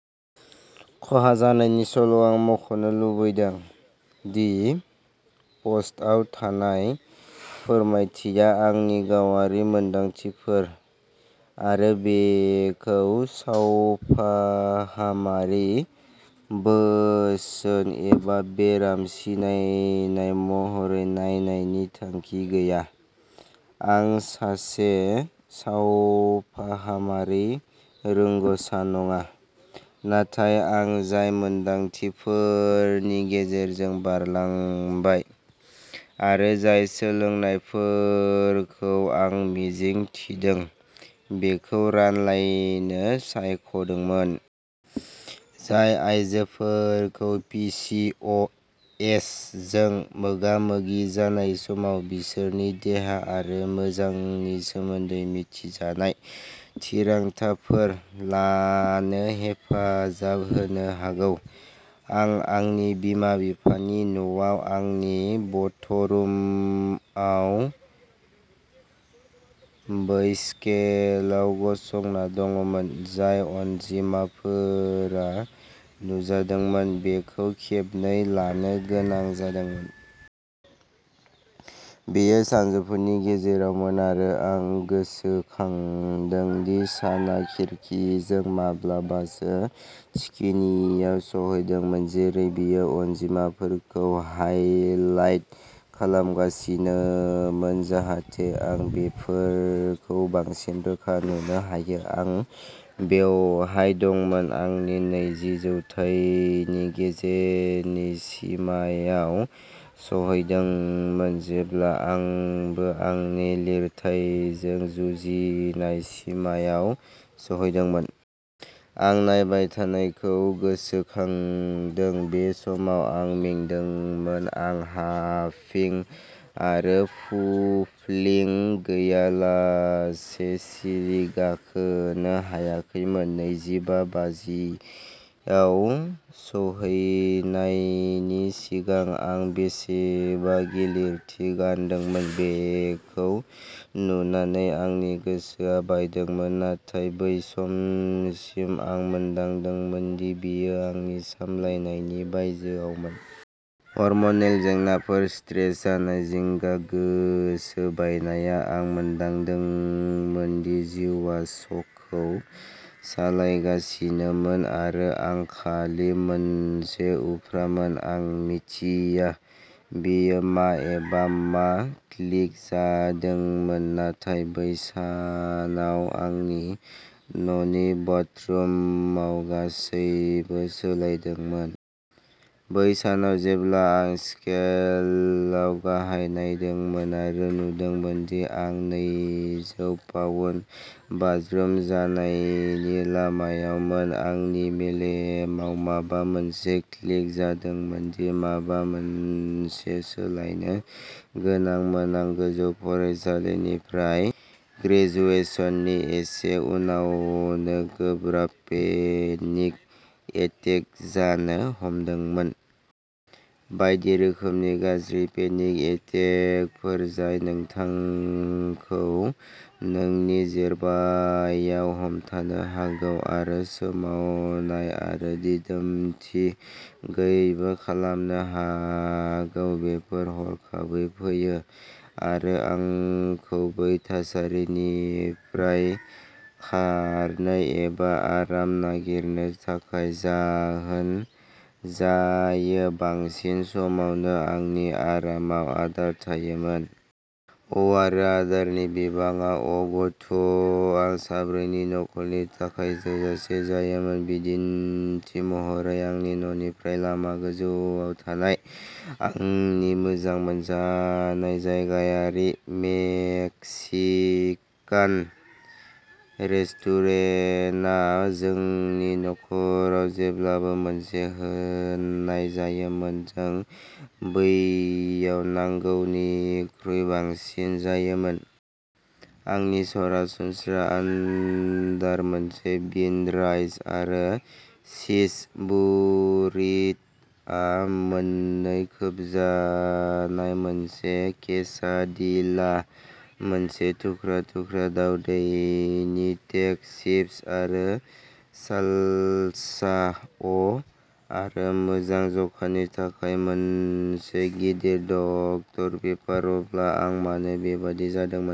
खहा जानायनि सल' आं मख'नो लुबैदों दि प'स्टआव थानाय फोरमायथिया आंनि गावारि मोनदांथिफोर आरो बेखौ सावफाहामारि बोसोन एबा बेराम सिनायनाय महरै नायनायनि थांखि गैया। आं सासे सावफाहामारि रोंग'सा नङा। नाथाय आं जाय मोनदांथिफोरनि गेजेरजों बारलांबाय आरो जाय सोलोंनायफोरखौ आं मिजिं थिदों बेखौ रानलायनो सायख'दोंमोन। जाय आयजोफोरखौ पि चि अ एस जों मोगा-मोगि जानाय समाव बिसोरनि देहा आरो मोजांनि सोमोन्दै मिथिजानाय थिरांथाफोर लानो हेफाजाब होनो हागौ। आं आंनि बिमा-बिफानि न'आव आंनि बाथरुमआव बै स्केलआव गसंना दंमोन। जाय अनजिमाफोरा नुजादोंमोन बेखौ खेबनै लानो गोनां जादोंमोन। बेयो सानजौफुनि गेजेरावमोन आरो आं गोसोखांदों दि साना खिरखिजों माब्लाबासो थिखिनियाव सौहैदोंमोन। जेरै बेयो अनजिमाफोरखौ हाइलाइट खालामगासिनोमोन जाहाथे आं बेफोरखौ बांसिन रोखा नुनो हायो। आं बेवहाय दंमोन आंनि नैजि जौथायनि गेजेरनि सिमायाव सौहैदोंमोन जेब्ला आंबो आंनि लिरथायजों जुजिनाय सिमायाव सौहैदोंमोन। आं नायबाय थानायखौ गोसोखांदों। बे समाव आं मेंदोंमोन। आं हाफिं आरो फुफ्लिं गैयालासे सिरि गाखोनो हायाखैमोन। नैजि बा बाजिआव सौहैनायनि सिगां आं बेसेबां गिलिरथि गानदोंमोन बेखौ नुनानै आंनि गोसोआ बायदोंमोन। नाथाय बै समसिम आं मोनदांदोंमोन दि बेयो आंनि सामलायनायनि बायजोआवमोन। हरम'नेल जेंनाफोर स्ट्रेस जानाय, जिंगा, गोसो बायनाया आं मोनदांदोंमोन दि जिउआ श'खौ सालायगासिनोमोन आरो आं खालि मोनसे उफ्रामोन। आं मिथिया बेयो मा एबा मा क्लिक जादोंमोन। नाथाय बै सानाव आंनि न'नि बाथरुमाव गासैबो सोलायदोंमोन। बै सानाव जेब्ला आं स्केलआव बाहाय नायदोंमोन आरो नुदोंमोन दि आं नैजौ पाउन्द बाज्रुम जानायनि लामायावमोन। आंनि मेलेमाव माबा मोनसे क्लिक जादोंमोन दि माबा मोनसे सोलायनो गोनांमोन। आं गोजौ फरायसालिनिफ्राय ग्रेजुएशननि एसे उनावनो गोब्राब पेनिक एटेक जानो हमदोंमोन। बायदि रोखोमनि गाज्रि पेनिक एटेकफोर जाय नोंथांखौ नोंनि जेरबायाव हमथानो हागौ। आरो सोमावनाय आरो दिदोमथि गैयैबो खालामनो हागौ। बेफोर हरखाबै फैयो आरो आंखौ बे थासारिनिफ्राय खारनो एबा आराम नागिरनो थाखाय जाहोन जायो। बांसिन समावनो आंनि आरामाव आदार थायोमोन। अ आरो आदारनि बिबाङा अ' गथ' आं साब्रैनि नखरनि थाखाय थोजासे जायोमोन। बिदिन्थि महरै आंनि न'निफ्राय लामा गोजौआव थानाय आंनि मोजां मोनजानाय जायगायारि मेक्सिकान रेस्टुरेन्टआ जोंनि न'खराव जेब्लाबो मोनसे होनाय जायोमोन। जों बैयाव नांगौनिख्रुइ बांसिन जायोमोन। आंनि सरासनस्रा अरडार मोनसे बिन राइस आरो चीज बुरिट आ मोननै खोबजानाय मोनसे केसाडिला मोनसे थुख्रा-थुख्रा दावदैनि टेको, चिप्स आरो सालसा, अ आरो मोजां जखानि थाखाय मोनसे गिदिर डक्टर पेपार। अब्ला आं मानो बेबायदि जादोंमोन?